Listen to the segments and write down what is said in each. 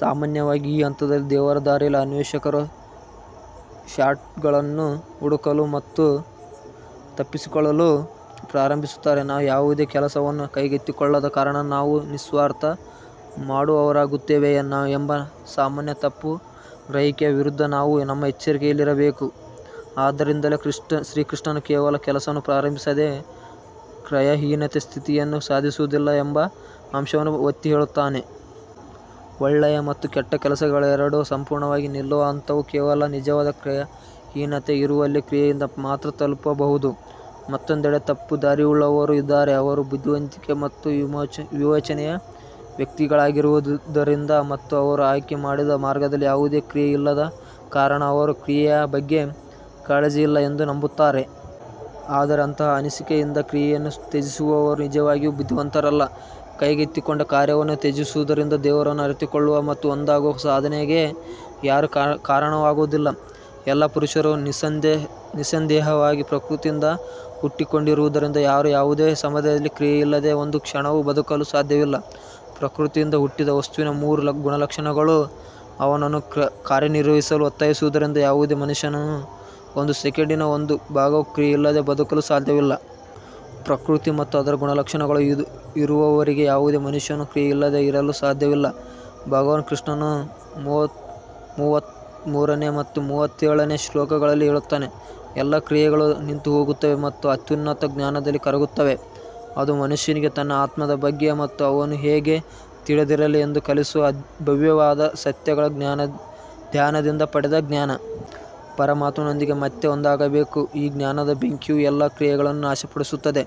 ಸಾಮಾನ್ಯವಾಗಿ ಈ ಹಂತದಲ್ಲಿ ದೇವರ ದಾರಿಯಲ್ಲಿ ಅನ್ವೇಷಕರು ಶಾರ್ಟ್ಕಟ್ಗಳನ್ನು ಹುಡುಕಲು ಮತ್ತು ತಪ್ಪಿಸಿಕೊಳ್ಳಲು ಪ್ರಾರಂಭಿಸುತ್ತಾರೆ ನಾವು ಯಾವುದೇ ಕೆಲಸವನ್ನು ಕೈಗೆತ್ತಿಕೊಳ್ಳದ ಕಾರಣ ನಾವು ನಿಸ್ವಾರ್ಥ ಮಾಡುವವರಾಗುತ್ತೇವೆ ಎಂಬ ಸಾಮಾನ್ಯ ತಪ್ಪುಗ್ರಹಿಕೆಯ ವಿರುದ್ಧ ನಾವು ನಮ್ಮ ಎಚ್ಚರಿಕೆಯಲ್ಲಿರಬೇಕು. ಆದ್ದರಿಂದಲೇ ಶ್ರೀಕೃಷ್ಣನು ಕೇವಲ ಕೆಲಸವನ್ನು ಪ್ರಾರಂಭಿಸದೆ ಕ್ರಿಯಾಹೀನತೆಯ ಸ್ಥಿತಿಯನ್ನು ಸಾಧಿಸುವುದಿಲ್ಲ ಎಂಬ ಅಂಶವನ್ನು ಒತ್ತಿಹೇಳುತ್ತಾನೆ. ಒಳ್ಳೆಯ ಮತ್ತು ಕೆಟ್ಟ ಕೆಲಸಗಳೆರಡೂ ಸಂಪೂರ್ಣವಾಗಿ ನಿಲ್ಲುವ ಹಂತವು ಕೇವಲ ನಿಜವಾದ ಕ್ರಿಯಾಹೀನತೆ ಇರುವಲ್ಲಿ ಕ್ರಿಯೆಯಿಂದ ಮಾತ್ರ ತಲುಪಬಹುದು. ಮತ್ತೊಂದೆಡೆ ತಪ್ಪುದಾರಿಯುಳ್ಳವರು ಇದ್ದಾರೆ, ಅವರು ಬುದ್ಧಿವಂತಿಕೆ ಮತ್ತು ವಿವೇಚನೆಯ ವ್ಯಕ್ತಿಗಳಾಗಿರುವುದರಿಂದ ಮತ್ತು ಅವರು ಆಯ್ಕೆ ಮಾಡಿದ ಮಾರ್ಗದಲ್ಲಿ ಯಾವುದೇ ಕ್ರಿಯೆಯಿಲ್ಲದ ಕಾರಣ ಅವರು ಕ್ರಿಯೆಯ ಬಗ್ಗೆ ಕಾಳಜಿಯಿಲ್ಲ ಎಂದು ನಂಬುತ್ತಾರೆ. ಆದರೆ ಅಂತಹ ಅನಿಸಿಕೆಯಿಂದ ಕ್ರಿಯೆಯನ್ನು ತ್ಯಜಿಸುವವರು ನಿಜವಾಗಿಯೂ ಬುದ್ಧಿವಂತರಲ್ಲ ಕೈಗೆತ್ತಿಕೊಂಡ ಕಾರ್ಯವನ್ನು ತ್ಯಜಿಸುವುದರಿಂದ ದೇವರನ್ನು ಅರಿತುಕೊಳ್ಳುವ ಮತ್ತು ಒಂದಾಗುವ ಸಾಧನೆಗೆ ಯಾರೂ ಕಾರಣವಾಗುವುದಿಲ್ಲ. ಎಲ್ಲಾ ಪುರುಷರು ನಿಸ್ಸಂದೇಹವಾಗಿ ಪ್ರಕೃತಿಯಿಂದ ಹುಟ್ಟಿಕೊಂಡಿರುವುದರಿಂದ ಯಾರೂ ಯಾವುದೇ ಸಮಯದಲ್ಲಿ ಕ್ರಿಯೆಯಿಲ್ಲದೆ ಒಂದು ಕ್ಷಣವೂ ಬದುಕಲು ಸಾಧ್ಯವಿಲ್ಲ ಪ್ರಕೃತಿಯಿಂದ ಹುಟ್ಟಿದ ವಸ್ತುವಿನ ಮೂರು ಗುಣಲಕ್ಷಣಗಳು ಅವನನ್ನು ಕಾರ್ಯನಿರ್ವಹಿಸಲು ಒತ್ತಾಯಿಸುವುದರಿಂದ ಯಾವುದೇ ಮನುಷ್ಯನು ಒಂದು ಸೆಕೆಂಡಿನ ಒಂದು ಭಾಗವೂ ಕ್ರಿಯೆಯಿಲ್ಲದೆ ಬದುಕಲು ಸಾಧ್ಯವಿಲ್ಲ. ಪ್ರಕೃತಿ ಮತ್ತು ಅದರ ಗುಣಲಕ್ಷಣಗಳು ಇರುವವರೆಗೆ ಯಾವುದೇ ಮನುಷ್ಯನು ಕ್ರಿಯೆಯಿಲ್ಲದೆ ಇರಲು ಸಾಧ್ಯವಿಲ್ಲ ಭಗವಾನ್ ಕೃಷ್ಣನು ರ ಮೂವತ್ತಮೂರನೇ ಮತ್ತು ಮೂವತ್ತೇಳನೇ ಶ್ಲೋಕಗಳಲ್ಲಿ ಹೇಳುತ್ತಾನೆ, ಎಲ್ಲಾ ಕ್ರಿಯೆಗಳು ನಿಂತುಹೋಗುತ್ತವೆ ಮತ್ತು ಅತ್ಯುನ್ನತ ಜ್ಞಾನದಲ್ಲಿ ಕರಗುತ್ತವೆ, ಅದು ಮನುಷ್ಯನಿಗೆ ತನ್ನ ಆತ್ಮದ ಬಗ್ಗೆ ಮತ್ತು ಅವನು ಹೇಗೆ ತಿಳಿದಿರಲಿ ಎಂದು ಕಲಿಸುವ ಭವ್ಯವಾದ ಸತ್ಯಗಳ ಧ್ಯಾನದಿಂದ ಪಡೆದ ಜ್ಞಾನ. ಪರಮಾತ್ಮನೊಂದಿಗೆ ಮತ್ತೆ ಒಂದಾಗಬೇಕು ಈ ಜ್ಞಾನದ ಬೆಂಕಿಯು ಎಲ್ಲಾ ಕ್ರಿಯೆಗಳನ್ನು ನಾಶಪಡಿಸುತ್ತದೆ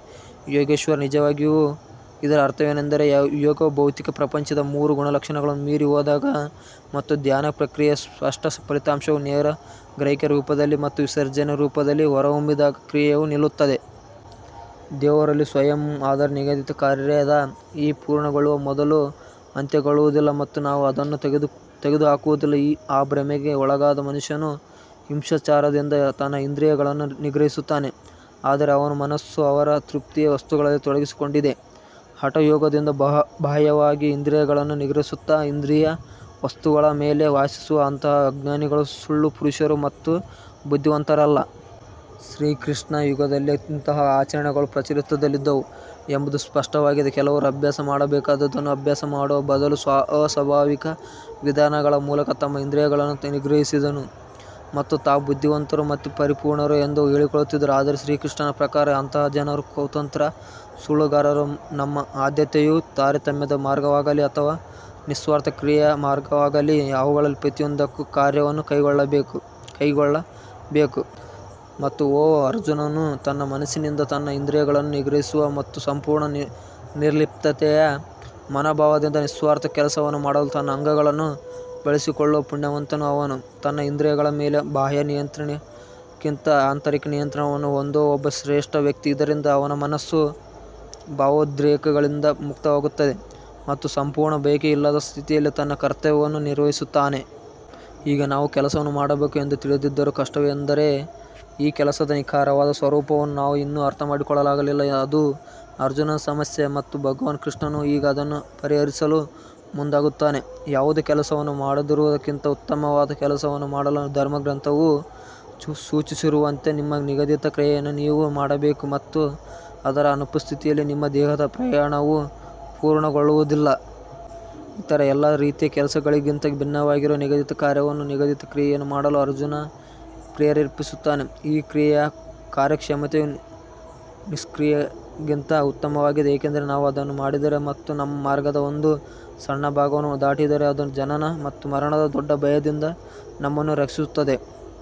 ಯೋಗೇಶ್ವರ್ ನಿಜವಾಗಿಯೂ ಇದರ ಅರ್ಥವೇನೆಂದರೆ, ಯೋಗವು ಭೌತಿಕ ಪ್ರಪಂಚದ ಮೂರು ಗುಣಲಕ್ಷಣಗಳನ್ನು ಮೀರಿ ಹೋದಾಗ ಮತ್ತು ಧ್ಯಾನ ಪ್ರಕ್ರಿಯೆಯ ಸ್ಪಷ್ಟ ಫಲಿತಾಂಶವು ನೇರ ಗ್ರಹಿಕೆಯ ರೂಪದಲ್ಲಿ ಮತ್ತು ವಿಸರ್ಜನೆಯ ರೂಪದಲ್ಲಿ ಹೊರಹೊಮ್ಮಿದಾಗ ಕ್ರಿಯೆಯು ನಿಲ್ಲುತ್ತದೆ. ದೇವರಲ್ಲಿ ಸ್ವಯಂ ಆದರೆ ನಿಗದಿತ ಕಾರ್ಯದ ಈ ಪೂರ್ಣಗೊಳ್ಳುವ ಮೊದಲು ಅಂತ್ಯಗೊಳ್ಳುವುದಿಲ್ಲ ಮತ್ತು ನಾವು ಅದನ್ನು ತೊಡೆದುಹಾಕುವುದಿಲ್ಲ ಆ ಭ್ರಮೆಗೆ ಒಳಗಾದ ಮನುಷ್ಯನು ಹಿಂಸಾಚಾರದಿಂದ ತನ್ನ ಇಂದ್ರಿಯಗಳನ್ನು ನಿಗ್ರಹಿಸುತ್ತಾನೆ ಆದರೆ ಅವನ ಮನಸ್ಸು ಅವರ ತೃಪ್ತಿಯ ವಸ್ತುಗಳಲ್ಲಿ ತೊಡಗಿಸಿಕೊಂಡಿದೆ. ಹಠಯೋಗದಿಂದ ಬಾಹ್ಯವಾಗಿ ಇಂದ್ರಿಯಗಳನ್ನು ನಿಗ್ರಹಿಸುತ್ತಾ ಇಂದ್ರಿಯ ವಸ್ತುಗಳ ಮೇಲೆ ವಾಸಿಸುವ ಅಂತಹ ಅಜ್ಞಾನಿಗಳು ಸುಳ್ಳು ಪುರುಷರು ಮತ್ತು ಬುದ್ಧಿವಂತರಲ್ಲ. ಶ್ರೀಕೃಷ್ಣನ ಯುಗದಲ್ಲೂ ಇಂತಹ ಆಚರಣೆಗಳು ಪ್ರಚಲಿತದಲ್ಲಿದ್ದವು ಎಂಬುದು ಸ್ಪಷ್ಟವಾಗಿದೆ ಕೆಲವರು ಅಭ್ಯಾಸ ಮಾಡಬೇಕಾದುದನ್ನು ಅಭ್ಯಾಸ ಮಾಡುವ ಬದಲು ಅಸ್ವಾಭಾವಿಕ ವಿಧಾನಗಳ ಮೂಲಕ ತಮ್ಮ ಇಂದ್ರಿಯಗಳನ್ನು ನಿಗ್ರಹಿಸಿದರು ಮತ್ತು ತಾವು ಬುದ್ಧಿವಂತರು ಮತ್ತು ಪರಿಪೂರ್ಣರು ಎಂದು ಹೇಳಿಕೊಳ್ಳುತ್ತಿದ್ದರು. ಆದರೆ ಶ್ರೀಕೃಷ್ಣನ ಪ್ರಕಾರ ಅಂತಹ ಜನರು ಕುತಂತ್ರ ಸುಳ್ಳುಗಾರರು ನಮ್ಮ ಆದ್ಯತೆಯು ತಾರತಮ್ಯದ ಮಾರ್ಗವಾಗಲಿ ಅಥವಾ ನಿಸ್ವಾರ್ಥ ಕ್ರಿಯೆಯ ಮಾರ್ಗವಾಗಲಿ ಅವುಗಳಲ್ಲಿ ಪ್ರತಿಯೊಂದಕ್ಕೂ ಕಾರ್ಯವನ್ನು ಕೈಗೊಳ್ಳಬೇಕು. ಮತ್ತು ಓ ಅರ್ಜುನನು ತನ್ನ ಮನಸ್ಸಿನಿಂದ ತನ್ನ ಇಂದ್ರಿಯಗಳನ್ನು ನಿಗ್ರಹಿಸುವ ಮತ್ತು ಸಂಪೂರ್ಣ ನಿರ್ಲಿಪ್ತತೆಯ ಮನೋಭಾವದಿಂದ ನಿಸ್ವಾರ್ಥ ಕೆಲಸವನ್ನು ಮಾಡಲು ತನ್ನ ಅಂಗಗಳನ್ನು ಬಳಸಿಕೊಳ್ಳುವ ಪುಣ್ಯವಂತನು ಅವನು ತನ್ನ ಇಂದ್ರಿಯಗಳ ಮೇಲೆ ಬಾಹ್ಯ ನಿಯಂತ್ರಣಕ್ಕಿಂತ ಆಂತರಿಕ ನಿಯಂತ್ರಣವನ್ನು ಹೊಂದುವ ಒಬ್ಬ ಶ್ರೇಷ್ಠ ವ್ಯಕ್ತಿ, ಇದರಿಂದ ಅವನ ಮನಸ್ಸು ಭಾವೋದ್ರೇಕಗಳಿಂದ ಮುಕ್ತವಾಗುತ್ತದೆ ಮತ್ತು ಸಂಪೂರ್ಣ ಬಯಕೆಯಿಲ್ಲದ ಸ್ಥಿತಿಯಲ್ಲಿ ತನ್ನ ಕರ್ತವ್ಯವನ್ನು ನಿರ್ವಹಿಸುತ್ತಾನೆ. ಈಗ ನಾವು ಕೆಲಸವನ್ನು ಮಾಡಬೇಕು ಎಂದು ತಿಳಿದಿದ್ದರೂ ಕಷ್ಟವೆಂದರೆ ಈ ಕೆಲಸದ ನಿಖರವಾದ ಸ್ವರೂಪವನ್ನು ನಾವು ಇನ್ನೂ ಅರ್ಥಮಾಡಿಕೊಳ್ಳಲಾಗಿಲ್ಲ. ಅದು ಅರ್ಜುನನ ಸಮಸ್ಯೆ ಮತ್ತು ಭಗವಾನ್ ಕೃಷ್ಣನು ಈಗ ಅದನ್ನು ಪರಿಹರಿಸಲು ಮುಂದಾಗುತ್ತಾನೆ ಯಾವುದೇ ಕೆಲಸವನ್ನು ಮಾಡದಿರುವದಕ್ಕಿಂತ ಉತ್ತಮವಾದ ಕೆಲಸವನ್ನು ಮಾಡಲು ಧರ್ಮಗ್ರಂಥವು ಸೂಚಿಸಿರುವಂತೆ ನಿಮ್ಮ ನಿಗದಿತ ಕ್ರಿಯೆಯನ್ನು ನೀವು ಮಾಡಬೇಕು ಮತ್ತು ಅದರ ಅನುಪಸ್ಥಿತಿಯಲ್ಲಿ ನಿಮ್ಮ ದೇಹದ ಪ್ರಯಾಣವೂ ಪೂರ್ಣಗೊಳ್ಳುವುದಿಲ್ಲ. ಇತರ ಎಲ್ಲಾ ರೀತಿಯ ಕೆಲಸಗಳಿಗಿಂತ ಭಿನ್ನವಾಗಿರುವ ನಿಗದಿತ ಕಾರ್ಯವನ್ನು ನಿಗದಿತ ಕ್ರಿಯೆಯನ್ನು ಮಾಡಲು ಅರ್ಜುನ್ ಪ್ರೇರೇಪಿಸುತ್ತಾನೆ. ಈ ಕ್ರಿಯೆಯ ಕಾರ್ಯಕ್ಷಮತೆಯು ನಿಷ್ಕ್ರಿಯತೆಗಿಂತ ಉತ್ತಮವಾಗಿದೆ ಏಕೆಂದರೆ ನಾವು ಅದನ್ನು ಮಾಡಿದರೆ ಮತ್ತು ನಮ್ಮ ಮಾರ್ಗದ ಒಂದು ಸಣ್ಣ ಭಾಗವನ್ನು ದಾಟಿದರೆ ಅದು ಜನನ ಮತ್ತು ಮರಣದ ದೊಡ್ಡ ಭಯದಿಂದ ನಮ್ಮನ್ನು ರಕ್ಷಿಸುತ್ತದೆ.